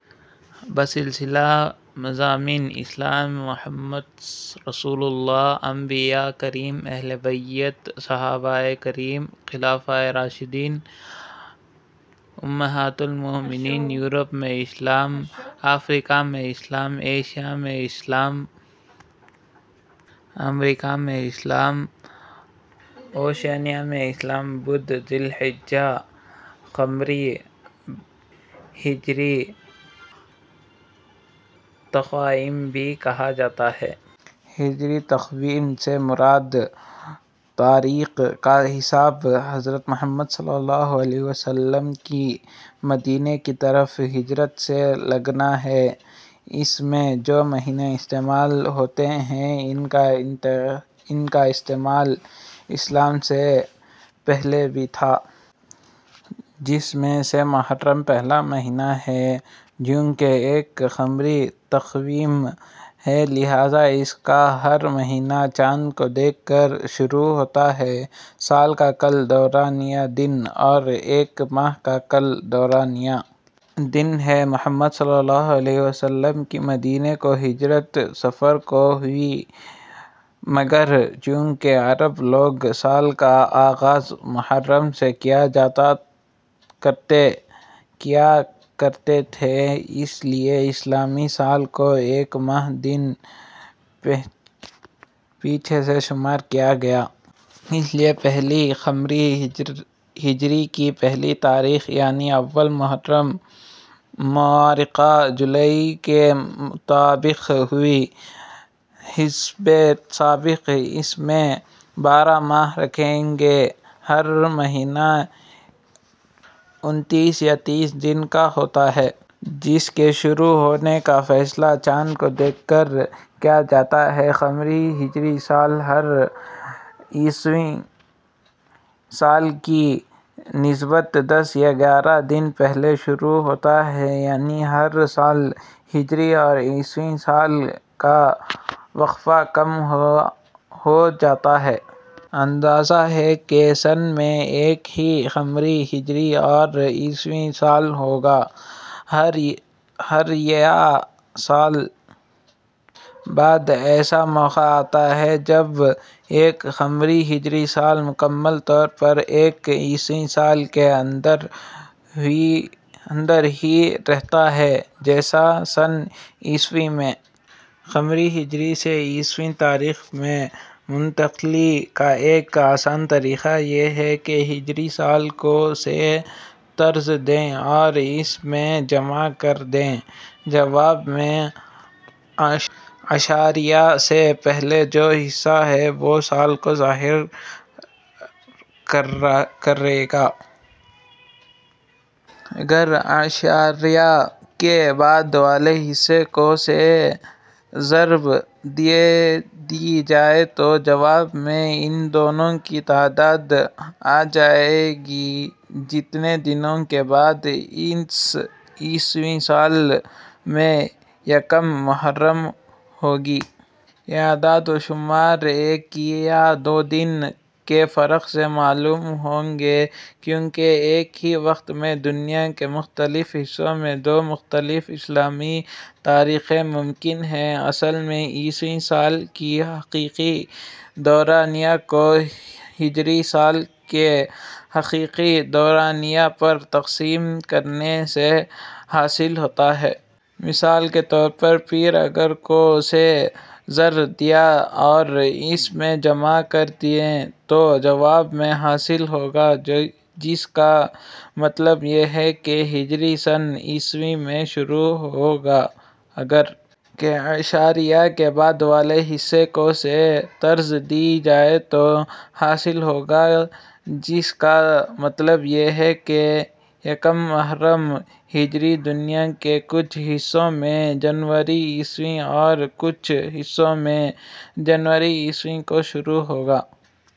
بسلسلہ مضامین: اسلام محمد رسول اللہ انبیائے کرام اہل بیت صحابائے کرام خلفائے راشدین الائمہ امہات المؤمنین یورپ میں اسلام افریقا میں اسلام ایشیا میں اسلام امریکین میں اسلام اوقیانوسیا میں اسلام بدھ ذوالحجہ ھ قمری ہجری تقویم کو بعض ممالک میں اسلامی تقویم بھی کہا جاتا ہے۔ ہجری تقویم سے مراد تواریخ کا حساب حضرت محمد صلی اللہ علیہ و آلہ وسلم کی مدینہ کی طرف ہجرت سے لگانا ہے۔ اس میں جو مہینے استعمال ہوتے ہیں ان کا استعمال اسلام سے پہلے بھی تھا۔ جس میں سے محرم پہلا مہینہ ہے۔ چونکہ ایک قمری تقویم ہے لہذا اس کا ہر مہینہ چاند کو دیکھ کر شروع ہوتا ہے۔ سال کا کل دورانیہ. دن اور ایک ماہ کا کل دورانیہ. دن ہے۔ محمد صلی اللہ علیہ و آلہ وسلم کی مدینہ کو ہجرت صفر کو ہوئی۔ مگر چونکہ عرب لوگ سال کا آغاز محرم سے کیا کرتے تھے اس لیے اسلامی سال کو ایک ماہ دن پیچھے سے شمارکیا گیا۔ اس لیے پہلی قمری ہجری کی پہلی تاریخ یعنی اول محرم مؤرخہ جولائی ء کے مطابق ہوئی۔ حسب سابق اس میں بارہ ماہ رکھے گئے۔ ہر مہینہ انتیس یا تیس دن کا ہوتا ہے۔ جس کے شروع ہونے کا فیصلہ چاند کو دیکھ کر کیا جاتا ہے۔ قمری ہجری سال ہر عیسوی سال کی نسبت دس یا گیارہ دن پہلے شروع ہوتا ہے یعنی ہر سال ہجری اور عیسوی سال کا وقفہ کم ہو جاتا ہے۔ اندازہ ہے کہ سن میں ایک ہی قمری ہجری اور عیسوی سال ہوگا۔ ہر یا سال بعد ایسا موقع آتا ہے جب ایک قمری ہجری سال مکمل طور پر ایک عیسوی سال کا اندر ہی رہتا ہے جیسا سن عیسوی میں۔ قمری ہجری سے عیسوی تاریخ میں منتقلی کا ایک آسان طریقہ یہ ہے کہ ہجری سال کو. سے ضرب دیں اور اس میں. جمع کر دیں۔ جواب میں اعشاریہ سے پہلے جو حصہ ہے وہ سال کو ظاہر کرے گا۔ اگر اعشاریہ کے بعد والے حصے کو سے ضرب دے دی جائے تو جواب میں ان دنوں کی تعداد آ جائے گی جتنے دنوں کے بعد اس عیسوی سال میں یکم محرم ہوگی۔ یہ اعداد و شمار ایک یا دو دن کے فرق سے معلوم ہوں گے کیونکہ ایک ہی وقت میں دنیا کے مختلف حصوں میں دو مختلف اسلامی تاریخیں ممکن ہیں۔. اصل میں عیسوی سال کے حقیقی دورانیہ کو ہجری سال کے حقیقی دورانیہ پرتقسیم کرنے سے حاصل ہوتا ہے۔ مثال کے طور پر اگر کو. سے ضرب دیں اور اس میں. جمع کر دیں تو جواب میں. حاصل ہوگا جس کا مطلب یہ ہے کہ ہجری سن عیسوی میں شروع ہوگا۔ اگر. کے اعشاریہ کے بعد والے حصے کو سے ضرب دی جائے تو حاصل ہوگا جس کا مطلب یہ ہے کہ یکم محرم ہجری دنیا کے کچھ حصوں میں جنوری عیسوی اور کچھ حصوں میں جنوری عیسوی کو شروع ہوگا۔